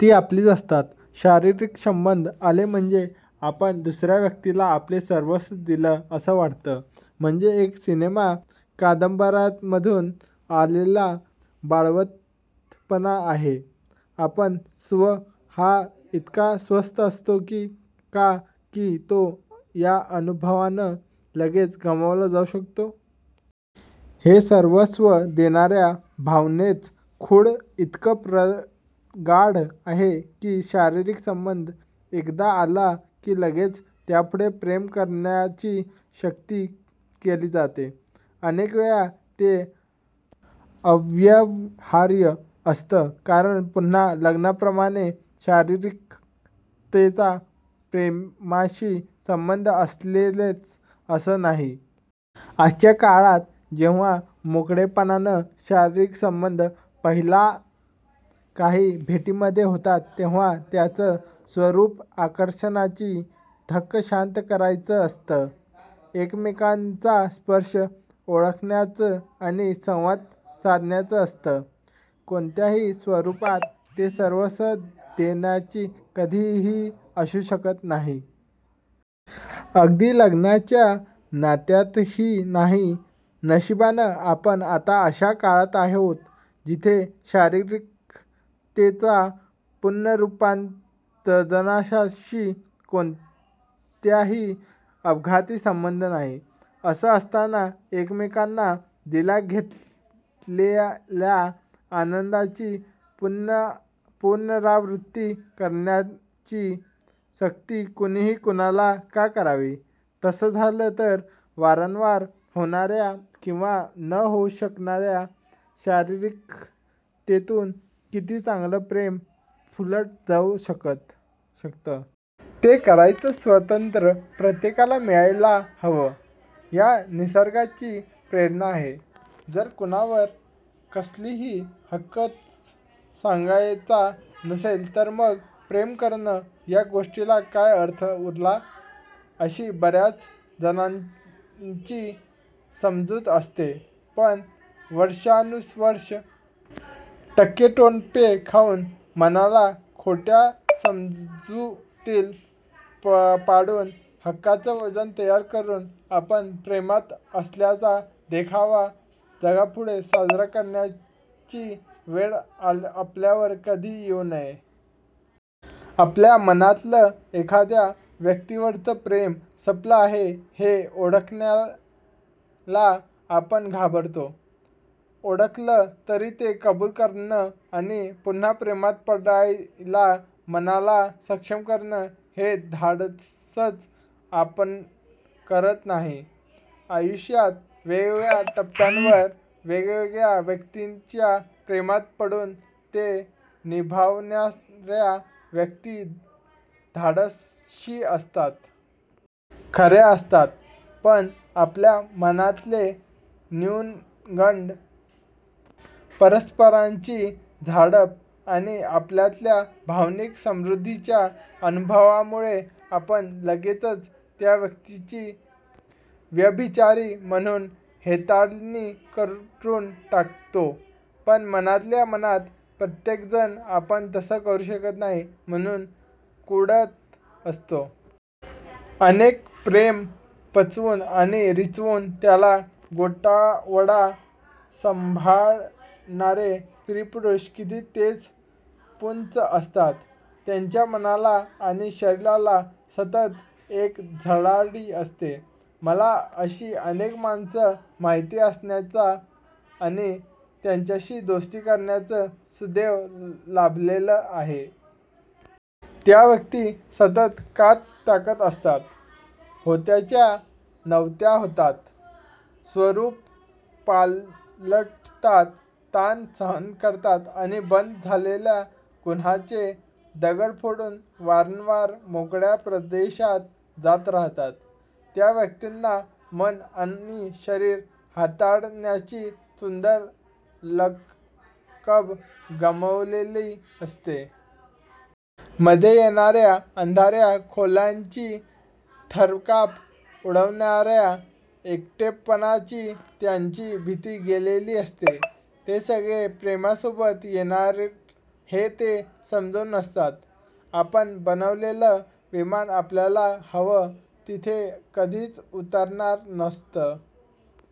ती आपलीच असतात. शारीरिक संबंध आले म्हणजे आपण दुसऱ्या व्यक्तीला आपले सर्वस्व दिले असं वाटणं म्हणजे एक सिनेमा कादंबऱ्यांमधून आलेला बावळटपणा आहे. आपला स्व हा इतका स्वस्त असतो का, की तो या अनुभवानं लगेच गमावला जाऊ शकतो? हे सर्वस्व देण्याच्या भावनेचं खूळ इतकं प्रगाढ आहे की शारीरिक संबंध एकदा आला की लगेच त्यापुढे प्रेम करण्याची सक्ती केली जाते. अनेक वेळा ते अव्यवहार्य असतं कारण पुन्हा लग्नाप्रमाणे शारीरिकतेचा प्रेमाशी संबंध असेलच असं नाही. आजच्या काळात जेव्हा मोकळेपणानं शारीरिक संबंध पहिल्या काही भेटींमध्ये होतात तेव्हा त्याचं स्वरूप आकर्षणाची धग शांत करण्याचं असतं. एकमेकांचा स्पर्श ओळखण्याचं आणि संवाद साधण्याचं असतं. कोणत्याही स्वरूपात ते सर्वस्व देण्याचं कधीही असू शकत नाही. अगदी लग्नाच्या नात्यातही नाही. नशिबानं आपण आता अशा काळात आहोत जिथे शारीरिकतेचा पुनरुत्पादनाशी कोणताही अपघाती संबंध नाही. असं असताना एकमेकांना दिल्या घेतलेल्या आनंदाची पुनरावृत्ती करण्याची सक्ती कुणीही कुणाला का करावी? तसं झालं तर वारंवार होणार्या किंवा न होऊ शकणार्या शारीरिकतेतून किती चांगलं प्रेम फुलत जाऊ शकतं? ते करण्याचं स्वातंत्र्य प्रत्येकाला मिळायला हवं. ही निसर्गाची प्रेरणा आहे. जर कुणावर कसलाही हक्कच सांगायचा नसेल तर मग प्रेम करणं ह्या गोष्टीला काय अर्थ उरला, अशी बर्याच जणांची समजूत असते. पण वर्षानुवर्षं टक्केटोणपे खाऊन, मनाला खोट्या समजुतीत पाडून, हक्काचं वजन तयार करून आपण प्रेमात असल्याचा देखावा जगापुढे साजरा करण्याची वेळ आपल्यावर कधीही येऊ नये. आपल्या मनातलं एखाद्या व्यक्तीवरचं प्रेम संपलं आहे हे ओळखायला आपण घाबरतो. ओळखलं तरी ते कबूल करणं आणि पुन्हा प्रेमात पडायला मनाला सक्षम करणं हे धाडसच आपण करत नाही. आयुष्यात वेगवेगळ्या टप्प्यांवर वेगवेगळ्या व्यक्तींच्या प्रेमात पडून ते निभावणाऱ्या व्यक्ती धाडसी असतात. खऱ्या असतात. पण आपल्या मनातले न्यूनगंड, परस्परांची झापडं आणि आपल्यातल्या भावनिक समृद्धीच्या अनुभवामुळे आपण लगेचच त्या व्यक्तींची व्यभिचारी म्हणून हेटाळणी करून टाकतो. पण मनातल्या मनात प्रत्येकजण आपण तसं करू शकत नाही म्हणून कुढत असतो. अनेक प्रेमं पचवून आणि रिचवून त्याचा गोतावळा सांभाळणारे स्त्रीपुरुष किती तेजःपुंज असतात. त्यांच्या मनाला आणि शरीराला सतत एक झळाळी असते. मला अशी अनेक माणसं माहिती असण्याचं आणि त्यांच्याशी दोस्ती असण्याचं सुदैव लाभलेलं आहे. त्या व्यक्ती सतत कात टाकत असतात. होत्याच्या नव्हत्या होतात. स्वरूपं पालटतात. ताण सहन करतात आणि बंद झालेल्या गुहांचे दगड फोडून वारंवार मोकळ्या प्रदेशात जात राहतात. त्या व्यक्तींना मनं आणि शरीरं हाताळण्याची सुंदर लकब गवसलेली असते. मध्ये येणाऱ्या अंधाऱ्या खोल्यांची, थरकाप उडवणाऱ्या एकटेपणाची त्यांची भीती गेलेली असते. ते सगळं प्रेमासोबत येणार हे ते उमजून असतात. आपण बसलेलं विमान आपल्याला हवं तिथे कधीच उतरणार नसतं.